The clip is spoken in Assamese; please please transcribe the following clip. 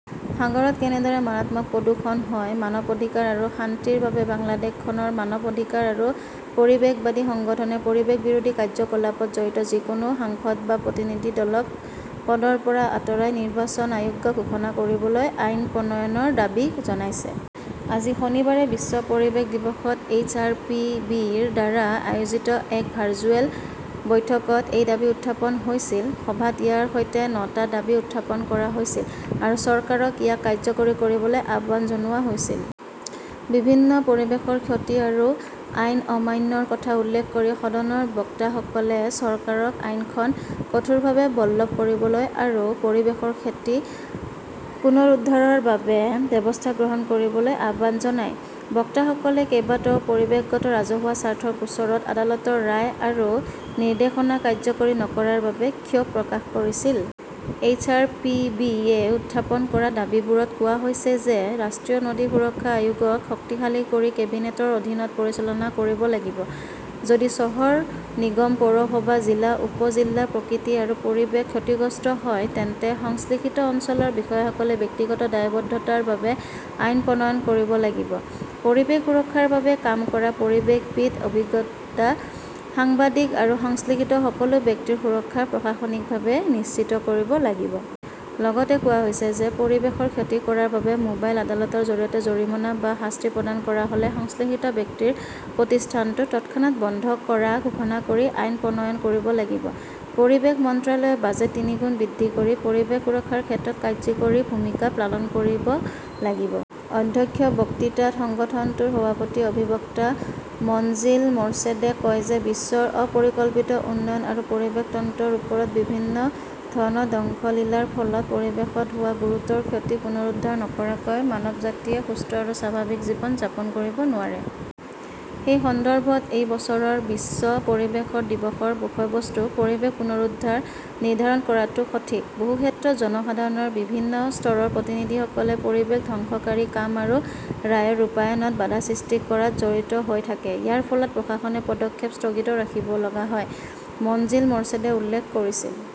সাগৰত কেনেদৰে মাৰাত্মক প্ৰদূষণ হয় মানৱ অধিকাৰ আৰু শান্তিৰ বাবে বাংলাদেশৰ মানৱ অধিকাৰ আৰু পৰিৱেশবাদী সংগঠনে পৰিৱেশ বিৰোধী কাৰ্যকলাপত জড়িত যিকোনো সাংসদ বা প্ৰতিনিধি দলক পদৰ পৰা আঁতৰাই নিৰ্বাচনত অযোগ্য ঘোষণা কৰিবলৈ আইন প্ৰণয়নৰ দাবী জনাইছে। আজি শনিবাৰে বিশ্ব পৰিৱেশ দিৱসত এইচ. আৰ. পি. বি. -ৰ দ্বাৰা আয়োজিত এক ভাৰ্চুৱেল বৈঠকত এই দাবী উত্থাপন হৈছিল। সভাত ইয়াৰ সৈতে নটা দাবী উত্থাপন কৰা হৈছিল আৰু চৰকাৰক ইয়াক কাৰ্যকৰী কৰিবলৈ আহ্বান জনোৱা হৈছিল। বিভিন্ন পৰিৱেশৰ ক্ষতি আৰু আইন অমান্যৰ কথা উল্লেখ কৰি সদনৰ বক্তাসকলে চৰকাৰক আইনখন কঠোৰভাৱে বলৱৎ কৰিবলৈ আৰু পৰিৱেশৰ ক্ষতি পুনৰুদ্ধাৰৰ বাবে ব্যৱস্থা গ্ৰহণ কৰিবলৈ আহ্বান জনায়। বক্তাসকলে কেইবাটাও পৰিৱেশগত ৰাজহুৱা স্বাৰ্থৰ গোচৰত আদালতৰ ৰায় আৰু নিৰ্দেশনা কাৰ্যকৰী নকৰাৰ বাবেও ক্ষোভ প্ৰকাশ কৰিছিল। এইচ. আৰ. পি. বি. য়ে উত্থাপন কৰা দাবীবোৰত কোৱা হৈছে যে ৰাষ্ট্ৰীয় নদী সুৰক্ষা আয়োগক শক্তিশালী কৰি কেবিনেটৰ অধীনত পৰিচালনা কৰিব লাগিব। যদি চহৰ নিগম, পৌৰসভা, জিলা, উপ জিলাত প্ৰকৃতি আৰু পৰিৱেশ ক্ষতিগ্ৰস্ত হয় তেন্তে সংশ্লিষ্ট অঞ্চলৰ বিষয়াসকলে ব্যক্তিগত দায়বদ্ধতাৰ বাবে আইন প্ৰণয়ন কৰিব লাগিব; পৰিৱেশ সুৰক্ষাৰ বাবে কাম কৰা পৰিৱেশবিদ, অধিবক্তা, সাংবাদিক আৰু সংশ্লিষ্ট সকলো ব্যক্তিৰ সুৰক্ষা প্ৰশাসনিকভাৱে নিশ্চিত কৰিব লাগিব। লগতে কোৱা হৈছে যে পৰিৱেশৰ ক্ষতি কৰাৰ বাবে মোবাইল আদালতৰ জৰিয়তে জৰিমনা বা শাস্তি প্ৰদান কৰা হ'লে সংশ্লিষ্ট ব্যক্তিৰ প্ৰতিষ্ঠানটো তৎক্ষণাত বন্ধ কৰা ঘোষণা কৰি আইন প্ৰণয়ন কৰিব লাগিব। পৰিৱেশ মন্ত্ৰালয়ে বাজেট তিনিগুণ বৃদ্ধি কৰি পৰিৱেশ সুৰক্ষাৰ ক্ষেত্ৰত কাৰ্যকৰী ভূমিকা পালন কৰিব লাগিব। অধ্যক্ষীয় বক্তৃতাত সংগঠনটোৰ সভাপতি অধিবক্তা মনজিল মৰ্ছেদে কয় যে বিশ্বৰ অপৰিকল্পিত উন্নয়ন আৰু পৰিৱেশ তন্ত্ৰৰ ওপৰত বিভিন্ন ধৰণৰ ধ্বংসলীলাৰ ফলত পৰিৱেশত হোৱা গুৰুতৰ ক্ষতি পুনৰুদ্ধাৰ নকৰাকৈ মানৱজাতিয়ে সুস্থ আৰু স্বাভাৱিক জীৱন যাপন কৰিব নোৱাৰে। সেই সন্দৰ্ভত এই বছৰৰ বিশ্ব পৰিৱেশ দিৱসৰ বিষয়বস্তু "পৰিৱেশ পুনৰুদ্ধাৰ "নিৰ্ধাৰণ কৰাটো সঠিক। বহু ক্ষেত্ৰত জনসাধাৰণৰ বিভিন্ন স্তৰৰ প্ৰতিনিধিসকলে পৰিৱেশ ধ্বংসকাৰী কাম আৰু ৰায়ৰ ৰূপায়ণত বাধা সৃষ্টি কৰাত জড়িত হৈ থাকে। ইয়াৰ ফলত প্ৰশাসনে পদক্ষেপ স্থগিত ৰাখিব লগা হয়, মনজিল মৰ্ছেদে উল্লেখ কৰিছিল।